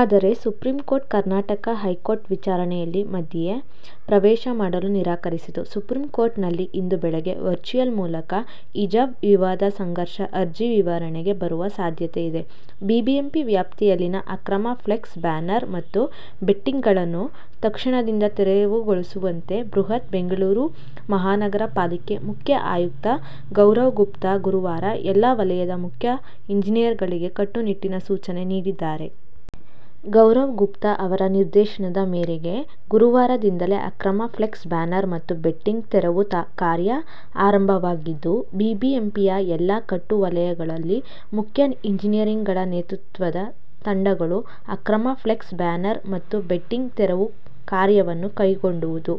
ಆದರೆ supreme court, Karnataka high court ವಿಚಾರಣೆಯಲ್ಲಿ ಮಧ್ಯೆ ಪ್ರವೇಶ ಮಾಡಲು ನಿರಾಕರಿಸಿತ್ತು. ಸುಪ್ರೀಂ ಕೋರ್ಟ್ ನಲ್ಲಿ ಇಂದು ಬೆಳಗ್ಗೆ ವರ್ಚುವಲ್ ಮೂಲಕ ಹಿಜಾಬ್ ವಿವಾದ ಸಂಘರ್ಷ ಅರ್ಜಿ ವಿಚಾರಣೆಗೆ ಬರುವ ಸಾಧ್ಯತೆಯಿದೆ. ಬಿಬಿಎಂಪಿ ವ್ಯಾಪ್ತಿಯಲ್ಲಿನ ಅಕ್ರಮ ಫ್ಲೆಕ್ಸ್ ಬ್ಯಾನರ್ ಮತ್ತು ಬಂಟಿಂಗ್ಸ್ಗಳನ್ನು ತಕ್ಷಣದಿಂದ ತೆರವುಗೊಳಿಸುವಂತೆ ಬೃಹತ್ ಬೆಂಗಳೂರು ಮಹಾನಗರ ಪಾಲಿಕೆ ಮುಖ್ಯ ಆಯುಕ್ತ ಗೌರವ್ ಗುಪ್ತಾ, ಗುರುವಾರ ಎಲ್ಲಾ ವಲಯ ಮುಖ್ಯ ಎಂಜಿನಿಯರ್ಗಳಿಗೆ ಕಟ್ಟುನಿಟ್ಟಿನ ಸೂಚನೆ ನೀಡಿದ್ದಾರೆ. ಗೌರವ್ ಗುಪ್ತಾ ಅವರ ನಿರ್ದೇಶನದ ಮೇರೆಗೆ ಗುರುವಾರದಿಂದಲೇ ಅಕ್ರಮ ಫ್ಲೆಕ್ಸ್ ಬ್ಯಾನರ್ ಮತ್ತು ಬಂಟಿಂಗ್ ತೆರವು ಕಾರ್ಯ ಆರಂಭವಾಗಿದ್ದು, ಬಿಬಿಎಂಪಿಯ ಎಲ್ಲ ಎಂಟು ವಲಯಗಳಲ್ಲಿ ಮುಖ್ಯ ಎಂಜಿನಿಯರ್ಗಳ ನೇತೃತ್ವದ ತಂಡಗಳು ಅಕ್ರಮ ಫ್ಲೆಕ್ಸ್ ಬ್ಯಾನರ್ ಮತ್ತು ಬಂಟಿಂಗ್ ತೆರವು ಕಾರ್ಯವನ್ನು ಕೈಗೊಂಡವು.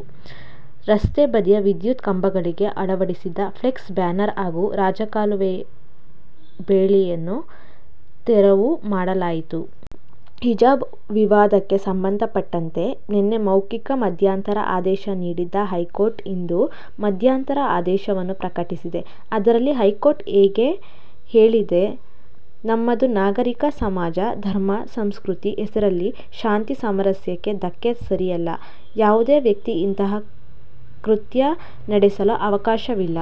ರಸ್ತೆ ಬದಿಯ ವಿದ್ಯುತ್ ಕಂಬಗಳಿಗೆ ಅಳವಡಿಸಿದ್ದ ಫ್ಲೆಕ್ಸ್ ಬ್ಯಾನರ್ ಹಾಗೂ ರಾಜಕಾಲುವೆ ಬೇಲಿಯನ್ನು ತೆರವು ಮಾಡಲಾಯಿತು. ಹಿಜಾಬ್ ವಿವಾದಕ್ಕೆ ಸಂಬಂಧಪಟ್ಟಂತೆ ನಿನ್ನೆ ಮೌಖಿಕ ಮಧ್ಯಂತರ ಆದೇಶ ನೀಡಿದ್ದ ಹೈಕೋರ್ಟ್ ಇಂದು ಮಧ್ಯಂತರ ಆದೇಶವನ್ನು ಪ್ರಕಟಿಸಿದೆ. ಅದರಲ್ಲಿ ಹೈಕೋರ್ಟ್ ಹೀಗೆ ಹೇಳಿದೆ: ನಮ್ಮದು ನಾಗರಿಕ ಸಮಾಜ. ಧರ್ಮ, ಸಂಸ್ಕೃತಿ ಹೆಸರಲ್ಲಿ ಶಾಂತಿ, ಸಾಮರಸ್ಯಕ್ಕೆ ಧಕ್ಕೆ ಸರಿಯಲ್ಲ. ಯಾವುದೇ ವ್ಯಕ್ತಿ ಇಂತಹ ಕೃತ್ಯ ನಡೆಸಲು ಅವಕಾಶವಿಲ್ಲ.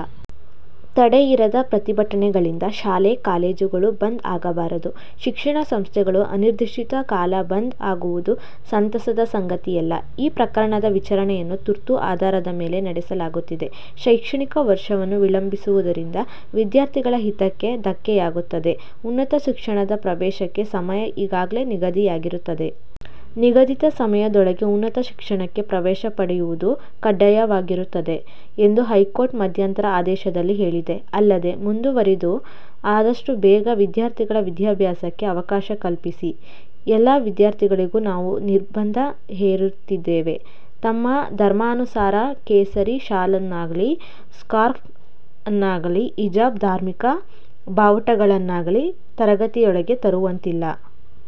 ತಡೆಯಿರದ ಪ್ರತಿಭಟನೆಗಳಿಂದ ಶಾಲೆ ಕಾಲೇಜುಗಳು ಬಂದ್ ಆಗಬಾರದು. ಶಿಕ್ಷಣ ಸಂಸ್ಥೆಗಳು ಅನಿರ್ದಿಷ್ಟ ಕಾಲ ಬಂದ್ ಆಗುವುದು ಸಂತಸದ ಸಂಗತಿಯಲ್ಲ. ಈ ಪ್ರಕರಣದ ವಿಚಾರಣೆಯನ್ನು ತುರ್ತು ಆಧಾರದ ಮೇಲೆ ನಡೆಸಲಾಗುತ್ತಿದೆ. ಶೈಕ್ಷಣಿಕ ವರ್ಷವನ್ನು ವಿಳಂಬಿಸುವುದರಿಂದ ವಿದ್ಯಾರ್ಥಿಗಳ ಹಿತಕ್ಕೆ ಧಕ್ಕೆಯಾಗುತ್ತದೆ. ಉನ್ನತ ಶಿಕ್ಷಣದ ಪ್ರವೇಶಕ್ಕೆ ಸಮಯ ಈಗಾಗಲೇ ನಿಗದಿಯಾಗಿರುತ್ತದೆ. ನಿಗದಿತ ಸಮಯದೊಳಗೆ ಉನ್ನತ ಶಿಕ್ಷಣಕ್ಕೆ ಪ್ರವೇಶ ಪಡೆಯುವುದು ಕಡ್ಡಾಯವಾಗುತ್ತದೆ ಎಂದು ಹೈಕೋರ್ಟ್ ಮಧ್ಯಂತರ ಆದೇಶದಲ್ಲಿ ಹೇಳಿದೆ. ಅಲ್ಲದೆ ಮುಂದುವರಿದು, ಆದಷ್ಟು ಬೇಗ ವಿದ್ಯಾರ್ಥಿಗಳ ವಿದ್ಯಾಭ್ಯಾಸಕ್ಕೆ ಅವಕಾಶ ಕಲ್ಪಿಸಿ. ಎಲ್ಲಾ ವಿದ್ಯಾರ್ಥಿಗಳಿಗೂ ನಾವು ನಿರ್ಬಂಧ ಹೇರುತ್ತಿದ್ದೇವೆ. ತಮ್ಮ ಧರ್ಮಾನುಸಾರ ಕೇಸರಿ ಶಾಲನ್ನಾಗಲೀ, ಸ್ಕಾರ್ಫ್ ಅನ್ನಾಗಲೀ. ಹಿಜಾಬ್, ಧಾರ್ಮಿಕ ಬಾವುಟಗಳನ್ನಾಗಲೀ ತರಗತಿಯೊಳಗೆ ತರುವಂತಿಲ್ಲ.